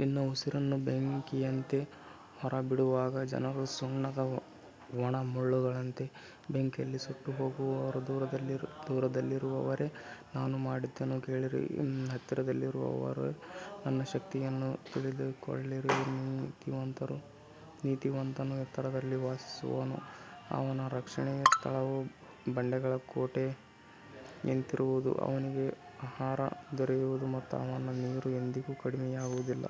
ನಿನ್ನ ಉಸಿರನ್ನು ಬೆಂಕಿಯಂತೆ ಹೊರಬಿಡುವಾಗ ಜನರು ಸುಣ್ಣದ ಒಣ ಮುಳ್ಳುಗಳಂತೆ ಬೆಂಕಿಯಲ್ಲಿ ಸುಟ್ಟುಹೋಗುವರು. ದೂರದಲ್ಲಿರುವವರೇ, ನಾನು ಮಾಡಿದ್ದನ್ನು ಕೇಳಿರಿ. ಹತ್ತಿರದಲ್ಲಿರುವವರೇ, ನನ್ನ ಶಕ್ತಿಯನ್ನು ತಿಳಿದುಕೊಳ್ಳಿರಿ. ನೀತಿವಂತನು ಎತ್ತರದಲ್ಲಿ ವಾಸಿಸುವನು. ಅವನ ರಕ್ಷಣೆಯ ಸ್ಥಳವು ಬಂಡೆಗಳ ಕೋಟೆಯಂತಿರುವುದು. ಅವನಿಗೆ ಆಹಾರ ದೊರೆಯುವುದು ಮತ್ತು ಅವನ ನೀರು ಎಂದಿಗೂ ಕಡಿಮೆಯಾಗುವುದಿಲ್ಲ.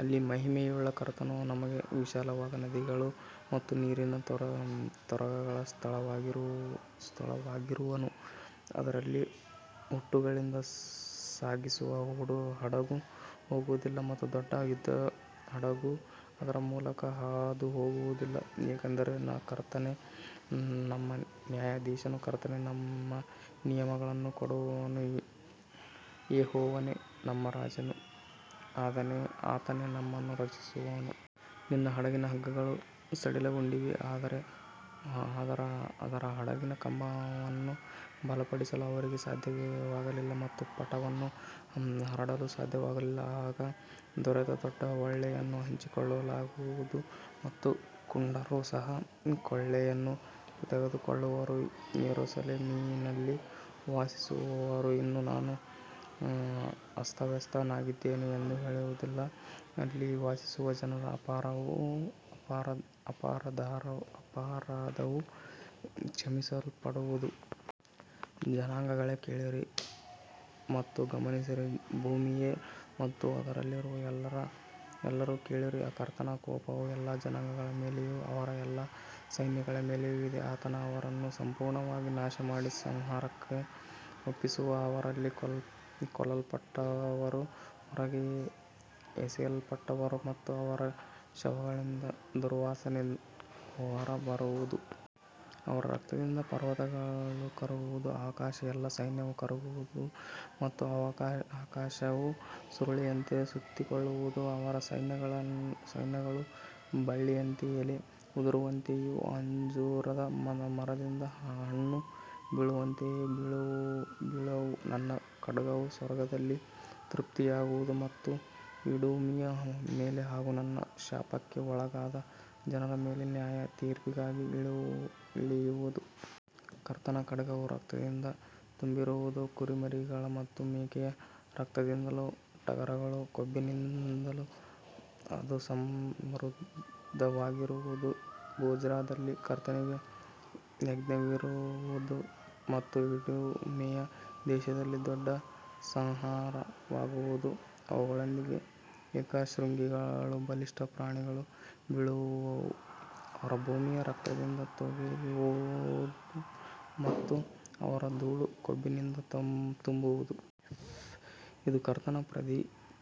ಅಲ್ಲಿ ಮಹಿಮೆಯುಳ್ಳ ಕರ್ತನು ನಮಗೆ ವಿಶಾಲವಾದ ನದಿಗಳು ಮತ್ತು ನೀರಿನ ತೊರೆಗಳ ಸ್ಥಳವಾಗಿರುವನು. ಅದರಲ್ಲಿ ಹುಟ್ಟುಗಳಿಂದ ಸಾಗಿಸುವ ಹಡಗು ಹೋಗುವುದಿಲ್ಲ ಮತ್ತು ದೊಡ್ಡ ಯುದ್ಧಹಡಗು ಅದರ ಮೂಲಕ ಹಾದುಹೋಗುವುದಿಲ್ಲ. ಏಕೆಂದರೆ ಕರ್ತನೇ ನಮ್ಮ ನ್ಯಾಯಾಧೀಶನು. ಕರ್ತನೇ ನಮ್ಮ ನಿಯಮಗಳನ್ನು ಕೊಡುವವನು. ಯೆಹೋವನೇ ನಮ್ಮ ರಾಜನು. ಆತನೇ ನಮ್ಮನ್ನು ರಕ್ಷಿಸುವನು. ನಿನ್ನ ಹಡಗಿನ ಹಗ್ಗಗಳು ಸಡಿಲಗೊಂಡಿವೆ. ಅದರ ಹಡಗಿನ ಕಂಬವನ್ನು ಬಲಪಡಿಸಲು ಅವರಿಗೆ ಸಾಧ್ಯವಾಗಲಿಲ್ಲ ಮತ್ತು ಪಟವನ್ನು ಹರಡಲು ಸಾಧ್ಯವಾಗಲಿಲ್ಲ. ಆಗ ದೊರೆತ ದೊಡ್ಡ ಕೊಳ್ಳೆಯನ್ನು ಹಂಚಿಕೊಳ್ಳಲಾಗುವುದು ಮತ್ತು ಕುಂಟರೂ ಸಹ ಕೊಳ್ಳೆಯನ್ನು ತೆಗೆದುಕೊಳ್ಳುವರು. ಯೆರೂಸಲೇಮಿನಲ್ಲಿ ವಾಸಿಸುವವರು ಇನ್ನು ನಾನು ಅಸ್ವಸ್ಥನಾಗಿದ್ದೇನೆ ಎಂದು ಹೇಳುವುದಿಲ್ಲ. ಅಲ್ಲಿ ವಾಸಿಸುವ ಜನರ ಅಪರಾಧವು ಕ್ಷಮಿಸಲ್ಪಡುವುದು. ಜನಾಂಗಗಳೇ, ಕೇಳಿರಿ ಮತ್ತು ಗಮನಿಸಿರಿ. ಭೂಮಿಯೇ ಮತ್ತು ಅದರಲ್ಲಿರುವ ಎಲ್ಲರೂ ಕೇಳಿರಿ. ಕರ್ತನ ಕೋಪವು ಎಲ್ಲಾ ಜನಾಂಗಗಳ ಮೇಲೆಯೂ ಅವರ ಎಲ್ಲಾ ಸೈನ್ಯಗಳ ಮೇಲೆಯೂ ಇದೆ. ಆತನು ಅವರನ್ನು ಸಂಪೂರ್ಣವಾಗಿ ನಾಶಮಾಡಿ ಸಂಹಾರಕ್ಕೆ ಒಪ್ಪಿಸುವನು. ಅವರಲ್ಲಿ ಕೊಲ್ಲಲ್ಪಟ್ಟವರು ಹೊರಗೆ ಎಸೆಯಲ್ಪಡುವರು ಮತ್ತು ಅವರ ಶವಗಳಿಂದ ದುರ್ವಾಸನೆ ಹೊರಬರುವುದು. ಅವರ ರಕ್ತದಿಂದ ಪರ್ವತಗಳು ಕರಗುವವು. ಆಕಾಶದ ಎಲ್ಲಾ ಸೈನ್ಯವು ಕರಗುವುದು ಮತ್ತು ಆಕಾಶವು ಸುರುಳಿಯಂತೆ ಸುತ್ತಿಕೊಳ್ಳುವುದು. ಅವರ ಸೈನ್ಯಗಳು ಬಳ್ಳಿಯಿಂದ ಎಲೆ ಉದುರುವಂತೆಯೂ ಅಂಜೂರದ ಮರದಿಂದ ಹಣ್ಣು ಬೀಳುವಂತೆಯೂ ಬೀಳುವವು. ನನ್ನ ಖಡ್ಗವು ಸ್ವರ್ಗದಲ್ಲಿ ತೃಪ್ತಿಯಾಗುವುದು ಮತ್ತು ಇಡುಮಿಯ ಮೇಲೆ ಹಾಗೂ ನನ್ನ ಶಾಪಕ್ಕೆ ಒಳಗಾದ ಜನರ ಮೇಲೆ ನ್ಯಾಯತೀರ್ಪಿಗಾಗಿ ಇಳಿಯುವುದು. ಕರ್ತನ ಖಡ್ಗವು ರಕ್ತದಿಂದ ತುಂಬಿರುವುದು. ಕುರಿಮರಿಗಳ ಮತ್ತು ಮೇಕೆಗಳ ರಕ್ತದಿಂದಲೂ ಟಗರುಗಳ ಕೊಬ್ಬಿನಿಂದಲೂ ಅದು ಸಮೃದ್ಧವಾಗಿರುವುದು. ಬೊಜ್ರಾದಲ್ಲಿ ಕರ್ತನಿಗೆ ಯಜ್ಞವಿರುವುದು ಮತ್ತು ಇಡುಮೆಯ ದೇಶದಲ್ಲಿ ದೊಡ್ಡ ಸಂಹಾರವಾಗುವುದು. ಅವುಗಳೊಂದಿಗೆ ಏಕಶೃಂಗಿಗಳೂ ಬಲಿಷ್ಠ ಪ್ರಾಣಿಗಳೂ ಬೀಳುವವು. ಅವರ ಭೂಮಿ ರಕ್ತದಿಂದ ತೋಯುವುದು ಮತ್ತು ಅವರ ಧೂಳು ಕೊಬ್ಬಿನಿಂದ ತುಂಬುವುದು. ಇದು ಕರ್ತನ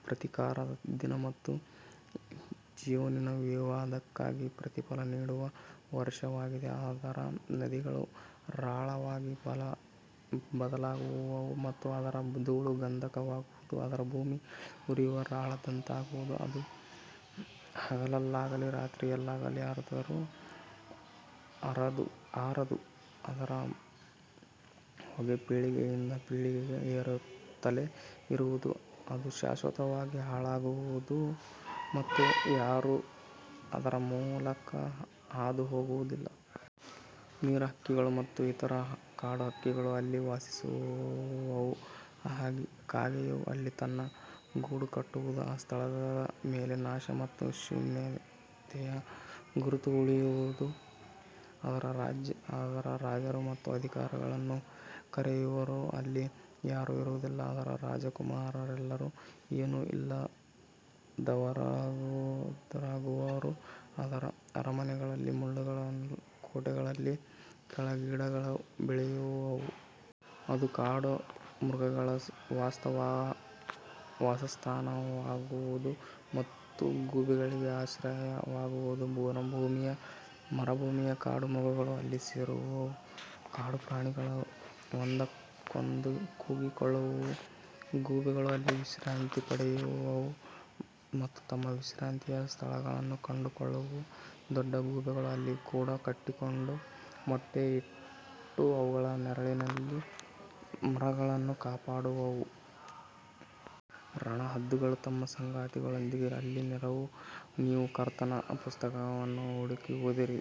ಪ್ರತೀಕಾರದ ದಿನ ಮತ್ತು ಚೀಯೋನಿನ ವಿವಾದಕ್ಕಾಗಿ ಪ್ರತಿಫಲ ನೀಡುವ ವರ್ಷವಾಗಿದೆ. ಅದರ ನದಿಗಳು ರಾಳವಾಗಿ ಬದಲಾಗುವವು ಮತ್ತು ಅದರ ಧೂಳು ಗಂಧಕವಾಗುವುದು. ಅದರ ಭೂಮಿ ಉರಿಯುವ ರಾಳದಂತಾಗುವುದು. ಅದು ಹಗಲಲ್ಲಾಗಲಿ ರಾತ್ರಿಯಲ್ಲಾಗಲಿ ಆರದು. ಅದರ ಹೊಗೆ ಪೀಳಿಗೆಯಿಂದ ಪೀಳಿಗೆಗೆ ಏರುತ್ತಲೇ ಇರುವುದು. ಅದು ಶಾಶ್ವತವಾಗಿ ಹಾಳಾಗುವುದು ಮತ್ತು ಯಾರೂ ಅದರ ಮೂಲಕ ಹಾದುಹೋಗುವುದಿಲ್ಲ. ನೀರಹಕ್ಕಿಗಳು ಮತ್ತು ಇತರ ಕಾಡುಹಕ್ಕಿಗಳು ಅಲ್ಲಿ ವಾಸಿಸುವವು. ಕಾಗೆಯು ಅಲ್ಲಿ ತನ್ನ ಗೂಡು ಕಟ್ಟುವುದು. ಆ ಸ್ಥಳದ ಮೇಲೆ ನಾಶ ಮತ್ತು ಶೂನ್ಯತೆಯ ಗುರುತು ಉಳಿಯುವುದು. ಅದರ ರಾಜರು ಮತ್ತು ಅಧಿಕಾರಿಗಳನ್ನು ಕರೆಯುವರೂ ಅಲ್ಲಿ ಯಾರೂ ಇರುವುದಿಲ್ಲ. ಅದರ ರಾಜಕುಮಾರರೆಲ್ಲರೂ ಏನೂ ಇಲ್ಲದವರಾಗುವರು. ಅದರ ಅರಮನೆಗಳಲ್ಲಿ ಮುಳ್ಳುಗಳೂ ಕೋಟೆಗಳಲ್ಲಿ ಕಳೆಗಿಡಗಳೂ ಬೆಳೆಯುವವು. ಅದು ಕಾಡುಮೃಗಗಳ ವಾಸಸ್ಥಾನವಾಗುವುದು ಮತ್ತು ಗೂಬೆಗಳಿಗೆ ಆಶ್ರಯವಾಗುವುದು. ಮರುಭೂಮಿಯ ಕಾಡುಮೃಗಗಳು ಅಲ್ಲಿ ಸೇರುವವು. ಕಾಡುಪ್ರಾಣಿಗಳು ಒಂದಕ್ಕೊಂದು ಕೂಗಿಕೊಳ್ಳುವವು. ಗೂಬೆಗಳು ಅಲ್ಲಿ ವಿಶ್ರಾಂತಿ ಪಡೆಯುವವು ಮತ್ತು ತಮ್ಮ ವಿಶ್ರಾಂತಿಯ ಸ್ಥಳವನ್ನು ಕಂಡುಕೊಳ್ಳುವವು. ದೊಡ್ಡ ಗೂಬೆಗಳು ಅಲ್ಲಿ ಗೂಡು ಕಟ್ಟಿಕೊಂಡು ಮೊಟ್ಟೆ ಇಟ್ಟು ಅವುಗಳ ನೆರಳಿನಲ್ಲಿ ಮರಿಗಳನ್ನು ಕಾಪಾಡುವವು. ರಣಹದ್ದುಗಳು ತಮ್ಮ ಸಂಗಾತಿಗಳೊಂದಿಗೆ ಅಲ್ಲಿ ಸೇರುವವು. ನೀವು ಕರ್ತನ ಪುಸ್ತಕವನ್ನು ಹುಡುಕಿ ಓದಿರಿ.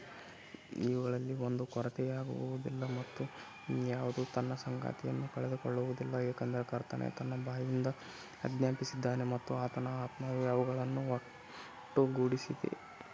ಇವುಗಳಲ್ಲಿ ಒಂದೂ ಕೊರತೆಯಾಗುವುದಿಲ್ಲ ಮತ್ತು ಯಾವುದೂ ತನ್ನ ಸಂಗಾತಿಯನ್ನು ಕಳೆದುಕೊಳ್ಳುವುದಿಲ್ಲ. ಏಕೆಂದರೆ ಕರ್ತನೇ ತನ್ನ ಬಾಯಿಂದ ಆಜ್ಞಾಪಿಸಿದ್ದಾನೆ ಮತ್ತು ಆತನ ಆತ್ಮವೇ ಅವುಗಳನ್ನು ಒಟ್ಟುಗೂಡಿಸಿದೆ.